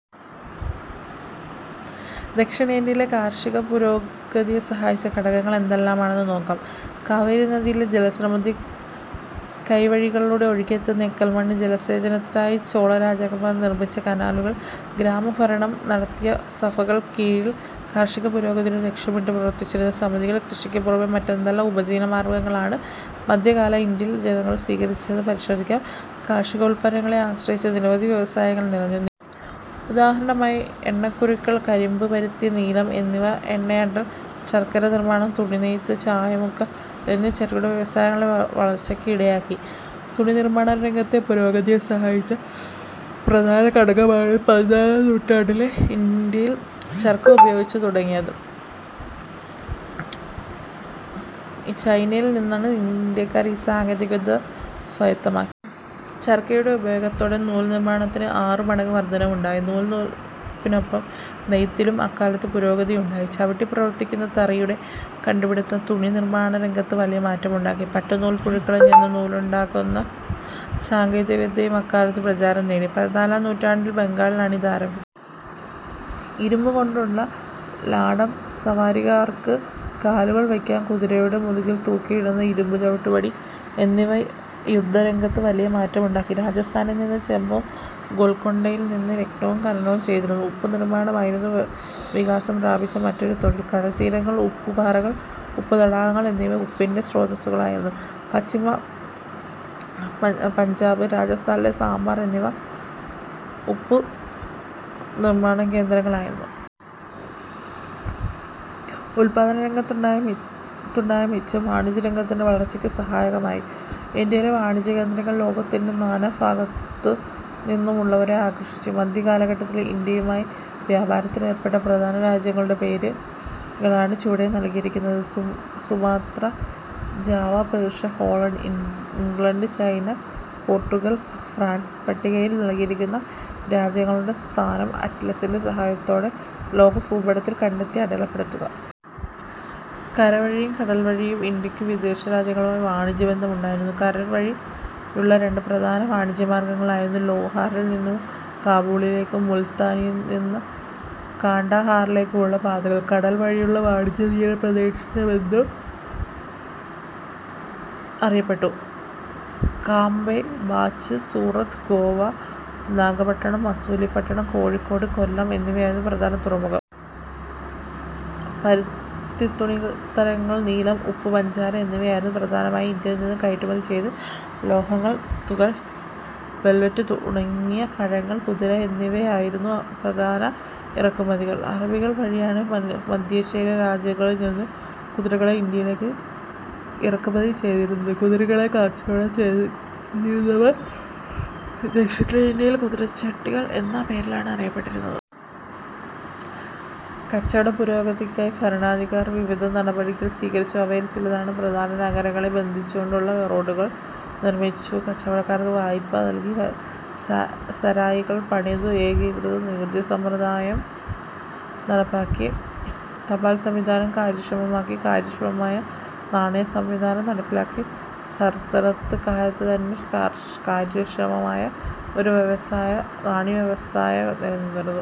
ദക്ഷിണേന്ത്യയിലെ കാർഷിക പുരോഗതിയെ സഹായിച്ച ഘടകങ്ങൾ എന്തെല്ലാമാണെന്ന് നോക്കാം. കാവേരിനദിയിലെ ജലസമൃദ്ധി. കൈവഴികളിലൂടെ ഒഴുകിയെത്തുന്ന എക്കൽമണ്ണ്. ജലസേചനത്തിനായി ചോളരാജാക്കന്മാർ നിർമിച്ച കനാലുകൾ. ഗ്രാമഭരണം നടത്തിയ സഭകൾക്ക് കീഴിൽ കാർഷികപുരോഗതി ലക്ഷ്യമിട്ട് പ്രവർത്തിച്ചിരുന്ന സമിതികൾ. കൃഷിക്ക് പുറമെ മറ്റെന്തെല്ലാം ഉപജീവനമാർഗങ്ങളാണ് മധ്യകാല ഇന്ത്യയിലെ ജനങ്ങൾ സ്വീകരിച്ചിരുന്നതെന്ന് പരിശോധിക്കാം കാർഷികോൽപ്പന്നങ്ങളെ ആശ്രയിച്ച് നിരവധി വ്യവസായങ്ങൾ നില നിന്നിരുന്നു. ഉദാഹരണമായി, എണ്ണക്കുരുക്കൾ, കരിമ്പ്, പരുത്തി, നീലം, എന്നിവ എണ്ണയാട്ടൽ, ശർക്കര നിർമാണം, തുണിനെയ്ത്ത്, ചായം മുക്കൽ എന്നീ ചെറുകിട വ്യവസായങ്ങളുടെ വളർച്ചയ്ക്ക് ഇടയാക്കി. തുണിനിർമാണരംഗത്തെ പുരോഗതിയെ സഹായിച്ച പ്രധാനഘടകം ചർക്കയുടെ ഉപയോഗമാണ്. പതിനാലാം നൂറ്റാണ്ടിലാണ് ഇന്ത്യയിൽ ചർക്ക ഉപയോഗിക്കാൻ തുടങ്ങിയത്. ചൈനയിൽ നിന്നാണ് ഇന്ത്യക്കാർ ഈ സാങ്കേതികവിദ്യ സ്വായത്തമാക്കിയത്. ചർക്കയുടെ ഉപയോഗത്തോടെ നൂൽ നിർമാണത്തിൽ ആറു മടങ്ങ് വർധനവുണ്ടായി. നൂൽ നൂൽപ്പിനൊപ്പം നെയ്ത്തിലും അക്കാലത്ത് പുരോഗതിയുണ്ടായി. ചവിട്ടി പ്രവർത്തിപ്പിക്കുന്ന തറിയുടെ കണ്ടു പിടിത്തം തുണി നിർമാണ രംഗത്ത് വലിയ മാറ്റമുണ്ടാക്കി. പട്ടുനൂൽപ്പുഴുക്കളിൽനിന്ന് നൂലുണ്ടാക്കുന്ന സാങ്കേതികവിദ്യയും അക്കാലത്ത് പ്രചാരം നേടി. പതിനാലാം നൂറ്റാണ്ടിൽ ബംഗാളിലാണ് ഇത് ആരംഭിച്ചത്. ഇരുമ്പു കൊണ്ടുള്ള ലാടം, സവാരിക്കാർക്ക് കാലുകൾ വയ്ക്കാൻ കുതിരയുടെ മുതുകിൽ തൂക്കിയിടുന്ന ഇരുമ്പു ചവിട്ടുപടി എന്നിവ യുദ്ധരംഗത്ത് വലിയ മാറ്റങ്ങളുണ്ടാക്കി. രാജസ്ഥാനിൽനിന്ന് ചെമ്പും ഗൊൽകൊണ്ടയിൽനിന്ന് രത്നവും ഖനനം ചെയ്തിരുന്നു. ഉപ്പുനിർമാണമായിരുന്നു വികാസം പ്രാപിച്ച മറ്റൊരു തൊഴിൽ. കടൽത്തീരങ്ങൾ, ഉപ്പുപാറകൾ, ഉപ്പുതടാകങ്ങൾ എന്നിവ ഉപ്പിന്റെ സ്രോതസ്സുകളായിരുന്നു. പശ്ചിമ പഞ്ചാബ്, രാജസ്ഥാനിലെ സമ്പാർ എന്നിവ ഉപ്പുനിർമാണകേന്ദ്രങ്ങളായിരുന്നു. ഉൽപാദനരംഗത്തുണ്ടായ മിച്ചം വാണിജ്യത്തിന്റെ വളർച്ചയ്ക്ക് സഹായകമായി. ഇന്ത്യയിലെ വാണിജ്യകേന്ദ്രങ്ങൾ ലോകത്തിന്റെ നാനാഭാഗങ്ങളിൽനിന്നുള്ളവരെ ആകർഷിച്ചു. മധ്യകാലഘട്ടത്തിൽ ഇന്ത്യയുമായി വ്യാപാരത്തിലേർപ്പെട്ട പ്രധാന രാജ്യങ്ങളുടെ പേരുകളാണ് ചുവടെ നൽകിയിരിക്കുന്നത്. Sumatra, Java, Persia, Holland, England, China, Portugal, France പട്ടികയിൽ നൽകിയിരിക്കുന്ന രാജ്യങ്ങളുടെ സ്ഥാനം അറ്റ്ലസിന്റെ സഹായത്തോടെ ലോകഭൂപടത്തിൽ കണ്ടെത്തി അടയാളപ്പെടുത്തുക. കരവഴിയും കടൽ വഴിയും ഇന്ത്യക്ക് വിദേശരാജ്യങ്ങളുമായി വാണിജ്യബന്ധമുണ്ടായിരുന്നു. കരവഴിയുള്ള രണ്ട് പ്രധാന വാണിജ്യമാർഗങ്ങളായിരുന്നു ലാഹോറിൽ നിന്ന് കാബൂളിലേക്കും മുൾത്താനിൽ നിന്ന് കാണ്ട ഹാറിലേക്കുമുള്ള പാതകൾ. കടൽ വഴിയുള്ള വാണിജ്യം തീരദേശ വാണിജ്യമെന്നും അറിയപ്പെട്ടു. കാംബെ, ബാച്ച്, സൂറത്ത്, ഗോവ, നാഗപട്ടണം, മസൂലിപട്ടണം, കോഴിക്കോട്, കൊല്ലം എന്നിവയായിരുന്നു പ്രധാന തുറമുഖങ്ങൾ. പരുത്തിത്തുണിത്തരങ്ങൾ, നീലം, ഉപ്പ്, പഞ്ചസാര എന്നിവയായിരുന്നു പ്രധാനമായി ഇന്ത്യയിൽ നിന്ന് കയറ്റുമതി ചെയ്തത്. ലോഹങ്ങൾ, തുകൽ, വെൽവെറ്റ്, ഉണങ്ങിയ പഴങ്ങൾ. കുതിരകൾ എന്നിവയായിരുന്നു പ്രധാന ഇറക്കുമതി. അറബികൾ വഴിയാണ് മധ്യേഷ്യൻ രാജ്യങ്ങളിൽ നിന്ന് കുതിരകളെ ഇന്ത്യയിലേക്ക് ഇറക്കുമതി ചെയ്തിരുന്നത്. കുതിരകളെ കച്ചവടം ചെയ്തിരുന്നവർ ദക്ഷിണേന്ത്യയിൽ കുതിരച്ചെട്ടികൾ എന്ന പേരിലാണ് അറിയപ്പെട്ടിരുന്നത്. കച്ചവടപുരോഗതിക്കായി ഭരണാധികാരികൾ വിവിധ നടപടികൾ സ്വീകരിച്ചിരുന്നു. അവയിൽ ചിലതാണ്. പ്രധാന നഗരങ്ങളെ ബന്ധിപ്പിച്ചുകൊണ്ട് റോഡുകൾ നിർമിച്ചു. കച്ചവടക്കാർക്ക് വായ്പകൾ നൽകി. സരായികൾ പണിതു. ഏകീകൃത നികുതി സമ്പ്രദായം നടപ്പാക്കി. തപാൽ സംവിധാനം കാര്യക്ഷമമാക്കി. കാര്യക്ഷമമായ നാണയസംവിധാനം നടപ്പിലാക്കി. സൽത്തനത്ത് കാലത്തുതന്നെ കാര്യക്ഷമമായ ഒരു നാണയവ്യവസ്ഥ നിലനിന്നിരുന്നു.